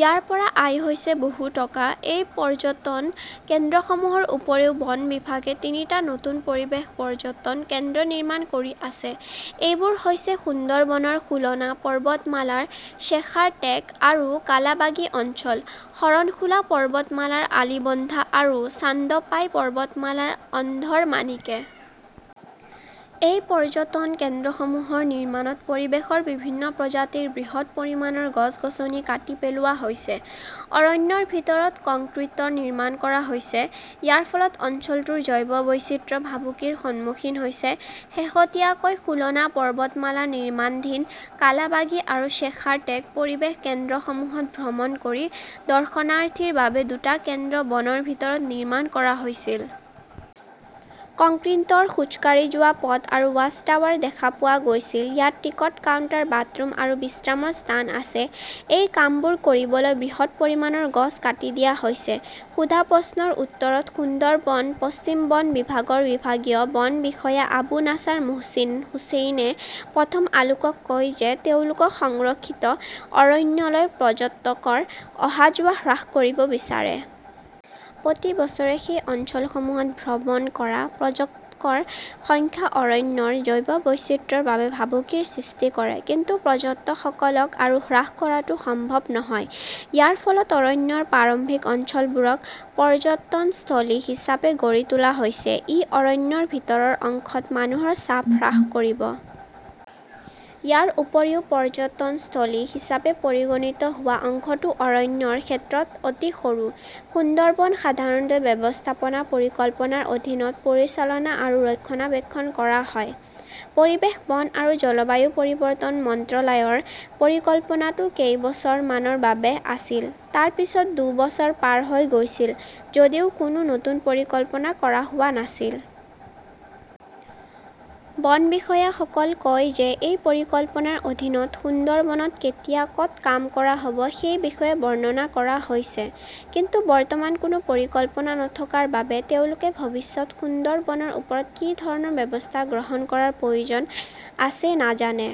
ইয়াৰ পৰা আয় হৈছে বহু টকা। এই পৰ্যটন কেন্দ্ৰসমূহৰ উপৰিও বন বিভাগে তিনিটা নতুন পৰিৱেশ পৰ্যটন কেন্দ্ৰ নিৰ্মাণ কৰি আছে। এইবোৰ হৈছে সুন্দৰবনৰ খুলনা পৰ্বতমালাৰ শ্বেখাৰটেক আৰু কালাবাগী অঞ্চল, শৰণখোলা পৰ্বতমালাৰ আলিবন্ধা আৰু চান্দপাই পৰ্বতমালাৰ অন্ধৰমানিকে। এই পৰ্যটন কেন্দ্ৰসমূহৰ নিৰ্মাণত পৰিৱেশৰ বিভিন্ন প্ৰজাতিৰ বৃহৎ পৰিমাণৰ গছ-গছনি কাটি পেলোৱা হৈছে। অৰণ্যৰ ভিতৰত কংক্ৰিটৰ নিৰ্মাণ কৰা হৈছে। ইয়াৰ ফলত অঞ্চলটোৰ জৈৱ বৈচিত্ৰ্য ভাবুকিৰ সন্মুখীন হৈছে। শেহতীয়াকৈ খুলনা পৰ্বতমালাৰ নিৰ্মাণধীন কালাবাগী আৰু শ্বেখাৰটেক পৰিৱেশ কেন্দ্ৰসমূহত ভ্ৰমণ কৰি দৰ্শনাৰ্থীৰ বাবে দুটা কেন্দ্ৰ বনৰ ভিতৰত নিৰ্মাণ কৰা হৈছিল। কংক্ৰিটৰ খোজকাঢ়ি যোৱা পথ আৰু ৱাচ টাৱাৰ দেখা পোৱা গৈছিল। ইয়াত টিকট কাউণ্টাৰ, বাথৰুম আৰু বিশ্ৰামৰ স্থান আছে। এই কামবোৰ কৰিবলৈ বৃহৎ পৰিমাণৰ গছ কাটি দিয়া হৈছে। সোধা প্ৰশ্নৰ উত্তৰত সুন্দৰবন পশ্চিম বন বিভাগৰ বিভাগীয় বন বিষয়া আবু নাছাৰ মোহচিন হুচেইনে প্ৰথম আলোকক কয় যে তেওঁলোকে সংৰক্ষিত অৰণ্যলৈ পৰ্যটকৰ অহা-যোৱা হ্ৰাস কৰিব বিচাৰে। প্ৰতি বছৰে সেই অঞ্চলসমূহত ভ্ৰমণ কৰা পৰ্যটকৰ সংখ্যা অৰণ্যৰ জৈৱ বৈচিত্ৰ্যৰ বাবে ভাবুকিৰ সৃষ্টি কৰে। কিন্তু পৰ্যটকসকলক আৰু হ্ৰাস কৰাটো সম্ভৱ নহয়। ইয়াৰ ফলত অৰণ্যৰ প্ৰাৰম্ভিক অঞ্চলবোৰক পৰ্যটনস্থলী হিচাপে গঢ়ি তোলা হৈছে। ই অৰণ্যৰ ভিতৰৰ অংশত মানুহৰ চাপ হ্ৰাস কৰিব। ইয়াৰ উপৰিও পৰ্যটনস্থলী হিচাপে পৰিগণিত হোৱা অংশটো অৰণ্যৰ ক্ষেত্ৰত অতি সৰু। সুন্দৰবন সাধাৰণতে ব্যৱস্থাপনা পৰিকল্পনাৰ অধীনত পৰিচালনা আৰু ৰক্ষণাবেক্ষণ কৰা হয়। পৰিৱেশ, বন আৰু জলবায়ু পৰিৱৰ্তন মন্ত্ৰালয়ৰ পৰিকল্পনাটো কেইবছৰ মানৰ বাবেহ আছিল। তাৰ পিছত দুবছৰ পাৰ হৈ গৈছিল যদিও কোনো নতুন পৰিকল্পনা কৰা হোৱা নাছিল। বন বিষয়াসকলে কয় যে এই পৰিকল্পনাৰ অধীনত সুন্দৰবনত কেতিয়া, ক'ত কাম কৰা হ'ব সেই বিষয়ে বৰ্ণনা কৰা হৈছে। কিন্তু বৰ্তমান কোনো পৰিকল্পনা নথকাৰ বাবে তেওঁলোকে ভৱিষ্যতে সুন্দৰবনৰ ওপৰত কি ধৰণৰ ব্যৱস্থা গ্ৰহণ কৰাৰ প্ৰয়োজন আছে নাজানে।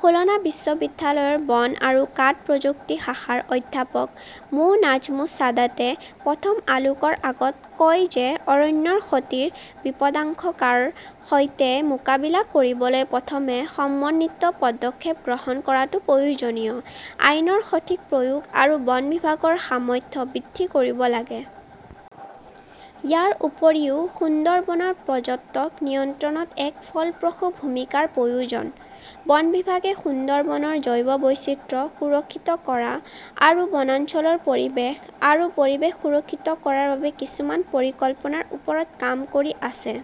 খুলনা বিশ্ববিদ্যালয়ৰ বন আৰু কাঠ প্ৰযুক্তি শাখাৰ অধ্যাপক মো. নাজমুছ ছাদাতে প্ৰথম আলোকৰ আগত কয় যে অৰণ্যৰ ক্ষতিৰ বিপদাশংকাৰ সৈতে মোকাবিলা কৰিবলৈ প্ৰথমে সমন্বিত পদক্ষেপ গ্ৰহণ কৰাটো প্ৰয়োজনীয়। আইনৰ সঠিক প্ৰয়োগ আৰু বন বিভাগৰ সামৰ্থ্য বৃদ্ধি কৰিব লাগে। ইয়াৰ উপৰিও সুন্দৰবনত পৰ্যটক নিয়ন্ত্ৰণত এক ফলপ্ৰসূ ভূমিকাৰ প্ৰয়োজন। বন বিভাগে সুন্দৰবনৰ জৈৱ বৈচিত্ৰ্য সুৰক্ষিত কৰা আৰু বনাঞ্চলৰ পৰিৱেশ আৰু পৰিৱেশ সুৰক্ষিত কৰাৰ বাবে কিছুমান পৰিকল্পনাৰ ওপৰত কাম কৰি আছে।